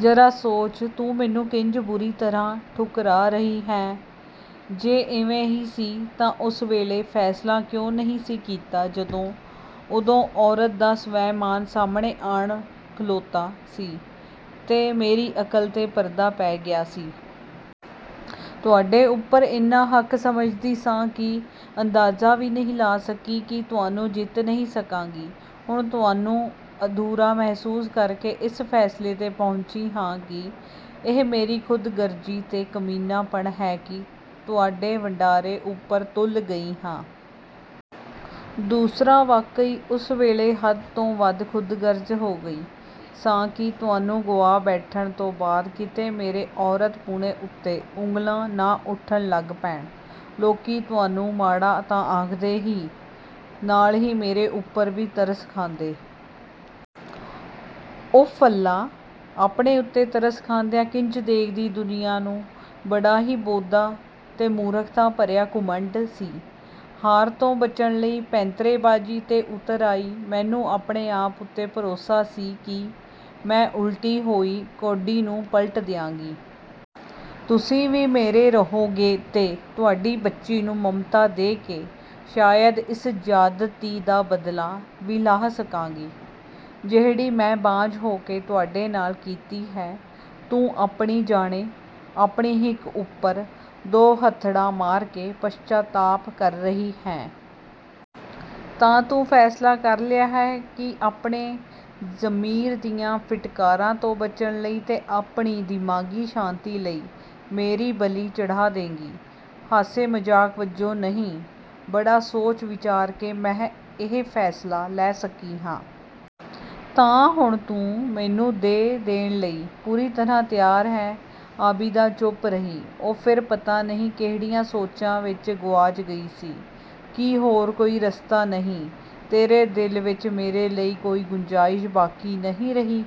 "ਜ਼ਰਾ ਸੋਚ, ਤੂੰ ਮੈਨੂੰ ਕਿੰਜ ਬੁਰੀ ਤਰ੍ਹਾਂ ਠੁਕਰਾ ਰਹੀ ਹੈਂ? ਜੇ ਇਵੇਂ ਹੀ ਸੀ ਤਾਂ ਤੂੰ ਉਸ ਵੇਲੇ ਫ਼ੈਸਲਾ ਕਿਉਂ ਨਹੀਂ ਸੀ ਕੀਤਾ ਜਦੋਂ" "ਉਦੋਂ ਔਰਤ ਦਾ ਸਵੈਮਾਨ ਸਾਹਮਣੇ ਆਣ ਖਲੋਤਾ ਸੀ, ਤੇ ਮੇਰੀ ਅਕਲ 'ਤੇ ਪਰਦਾ ਪੈ ਗਿਆ ਸੀ। ਤੁਹਾਡੇ ਉੱਪਰ ਇੰਨਾ ਹੱਕ ਸਮਝਦੀ ਸਾਂ ਕਿ ਅੰਦਾਜ਼ਾ ਵੀ ਨਹੀਂ ਲਾ ਸਕੀ ਕਿ ਤੁਹਾਨੂੰ ਜਿੱਤ ਨਹੀਂ ਸਕਾਂਗੀ। ਹੁਣ ਤੁਹਾਨੂੰ ਅਧੂਰਾ ਮਹਿਸੂਸ ਕਰਕੇ ਇਸ ਫ਼ੈਸਲੇ 'ਤੇ ਪਹੁੰਚੀ ਹਾਂ ਕਿ ਇਹ ਮੇਰੀ ਖ਼ੁਦਗਰਜ਼ੀ ਤੇ ਕਮੀਨਾਪਣ ਹੈ ਕਿ ਤੁਹਾਡੇ ਵੰਡਾਰੇ ਉੱਪਰ ਤੁਲ ਗਈ ਹਾਂ। ਦੂਸਰਾ ਵਾਕਈ ਉਸ ਵੇਲੇ ਹੱਦ ਤੋਂ ਵੱਧ ਖ਼ੁਦਗਰਜ਼ ਹੋ ਗਈ ਸਾਂ ਕਿ ਤੁਹਾਨੂੰ ਗੁਆ ਬੈਠਣ ਤੋਂ ਬਾਅਦ ਕਿਤੇ ਮੇਰੇ ਔਰਤਪੁਣੇ ਉੱਤੇ ਉਂਗਲਾਂ ਨਾ ਉੱਠਣ ਲੱਗ ਪੈਣ। ਲੋਕੀ ਤੁਹਾਨੂੰ ਮਾੜਾ ਤਾਂ ਆਖਦੇ ਹੀ, ਨਾਲ ਹੀ ਮੇਰੇ ਉੱਪਰ ਵੀ ਤਰਸ ਖਾਂਦੇ। ਉਫ਼ ਅੱਲਾ, ਆਪਣੇ ਉੱਤੇ ਤਰਸ ਖਾਂਦਿਆਂ ਕਿੰਜ ਦੇਖਦੀ ਦੁਨੀਆਂ ਨੂੰ!" ਬੜਾ ਹੀ ਬੋਦਾ ਤੇ ਮੂਰਖਤਾ ਭਰਿਆ ਘੁਮੰਡ ਸੀ, ਹਾਰ ਤੋਂ ਬਚਣ ਲਈ ਪੈਂਤਰੇਬਾਜ਼ੀ 'ਤੇ ਉਤਰ ਆਈ। ਮੈਨੂੰ ਆਪਣੇ ਆਪ ਉੱਤੇ ਭਰੋਸਾ ਸੀ ਕਿ ਮੈਂ ਉਲਟੀ ਹੋਈ ਕੌਡੀ ਨੂੰ ਪਲਟ ਦਿਆਂਗੀ। ਤੁਸੀਂ ਵੀ ਮੇਰੇ ਰਹੋਗੇ ਤੇ ਤੁਹਾਡੀ ਬੱਚੀ ਨੂੰ ਮਮਤਾ ਦੇ ਕੇ ਸ਼ਾਇਦ ਇਸ ਜ਼ਿਆਦਤੀ ਦਾ ਬਦਲਾ ਵੀ ਲਾਹ ਸਕਾਂਗੀ, ਜਿਹੜੀ ਮੈਂ ਬਾਂਝ ਹੋ ਕੇ ਤੁਹਾਡੇ ਨਾਲ ਕੀਤੀ ਹੈ।" "ਤੂੰ ਆਪਣੀ ਜਾਣੇ, ਆਪਣੀ ਹਿੱਕ ਉੱਪਰ ਦੋਹੱਥੜਾਂ ਮਾਰ ਕੇ ਪਸ਼ਚਾਤਾਪ ਕਰ ਰਹੀ ਹੈਂ?" "ਤਾਂ ਤੂੰ ਫ਼ੈਸਲਾ ਕਰ ਲਿਆ ਹੈ ਕਿ ਆਪਣੇ ਜ਼ਮੀਰ ਦੀਆਂ ਫਿਟਕਾਰਾਂ ਤੋਂ ਬਚਣ ਲਈ ਤੇ ਆਪਣੀ ਦਿਮਾਗ਼ੀ ਸ਼ਾਂਤੀ ਲਈ ਮੇਰੀ ਬਲੀ ਚੜ੍ਹਾ ਦੇਂਗੀ?" "ਹਾਸੇ ਮਜ਼ਾਕ ਵਜੋਂ ਨਹੀਂ, ਬੜਾ ਸੋਚ-ਵਿਚਾਰ ਕੇ ਮੈਂ ਇਹ ਫ਼ੈਸਲਾ ਲੈ ਸਕੀ ਹਾਂ।" "ਤਾਂ ਹੁਣ ਤੂੰ ਮੈਨੂੰ ਦੇ-ਦੇਣ ਲਈ ਪੂਰੀ ਤਰ੍ਹਾਂ ਤਿਆਰ ਹੈਂ?" ਆਬਿਦਾ ਚੁੱਪ ਰਹੀ। ਉਹ ਫਿਰ ਪਤਾ ਨਹੀਂ ਕਿਹੜੀਆਂ ਸੋਚਾਂ ਵਿੱਚ ਗੁਆਚ ਗਈ ਸੀ।"ਕੀ ਹੋਰ ਕੋਈ ਰਸਤਾ ਨਹੀਂ? ਤੇਰੇ ਦਿਲ ਵਿੱਚ ਮੇਰੇ ਲਈ ਕੋਈ ਗੁੰਜਾਇਸ਼ ਬਾਕੀ ਨਹੀਂ ਰਹੀ?"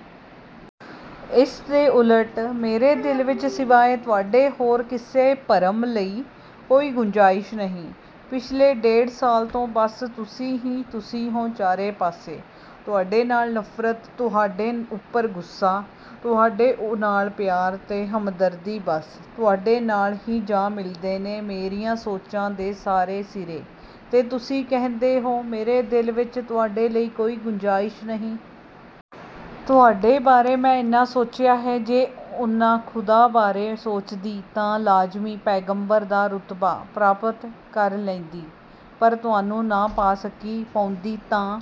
"ਇਸ ਦੇ ਉਲਟ, ਮੇਰੇ ਦਿਲ ਵਿੱਚ ਸਿਵਾਏ, ਤੁਹਾਡੇ ਹੋਰ ਕਿਸੇ ਭਰਮ ਲਈ ਕੋਈ ਗੁੰਜਾਇਸ਼ ਨਹੀਂ। ਪਿਛਲੇ ਡੇਢ ਸਾਲ ਤੋਂ ਬਸ ਤੁਸੀਂ ਹੀ ਤੁਸੀਂ ਹੋ ਚਾਰੇ ਪਾਸੇ। ਤੁਹਾਡੇ ਨਾਲ ਨਫ਼ਰਤ, ਤੁਹਾਡੇ ਉੱਪਰ ਗੁੱਸਾ, ਤੁਹਾਡੇ ਨਾਲ ਪਿਆਰ ਤੇ ਹਮਦਰਦੀ ਬੱਸ, ਤੁਹਾਡੇ ਨਾਲ ਹੀ ਜਾ ਮਿਲਦੇ ਨੇ ਮੇਰੀਆਂ ਸੋਚਾਂ ਦੇ ਸਾਰੇ ਸਿਰੇ ਤੇ ਤੁਸੀਂ ਕਹਿੰਦੇ ਹੋ, ਮੇਰੇ ਦਿਲ ਵਿੱਚ ਤੁਹਾਡੇ ਲਈ ਕੋਈ ਗੁੰਜਾਇਸ਼ ਨਹੀਂ! ਤੁਹਾਡੇ ਬਾਰੇ ਮੈਂ ਇੰਨਾ ਸੋਚਿਆ ਹੈ, ਜੇ ਓਨਾ ਖ਼ੁਦਾ ਬਾਰੇ ਸੋਚਦੀ ਤਾਂ ਲਾਜ਼ਮੀ ਪੈਗ਼ੰਬਰ ਦਾ ਰੁਤਬਾ ਪ੍ਰਾਪਤ ਕਰ ਲੈਂਦੀ। ਪਰ ਤੁਹਾਨੂੰ ਨਾ ਪਾ ਸਕੀ।" "ਪਾਉਂਦੀ ਤਾਂ"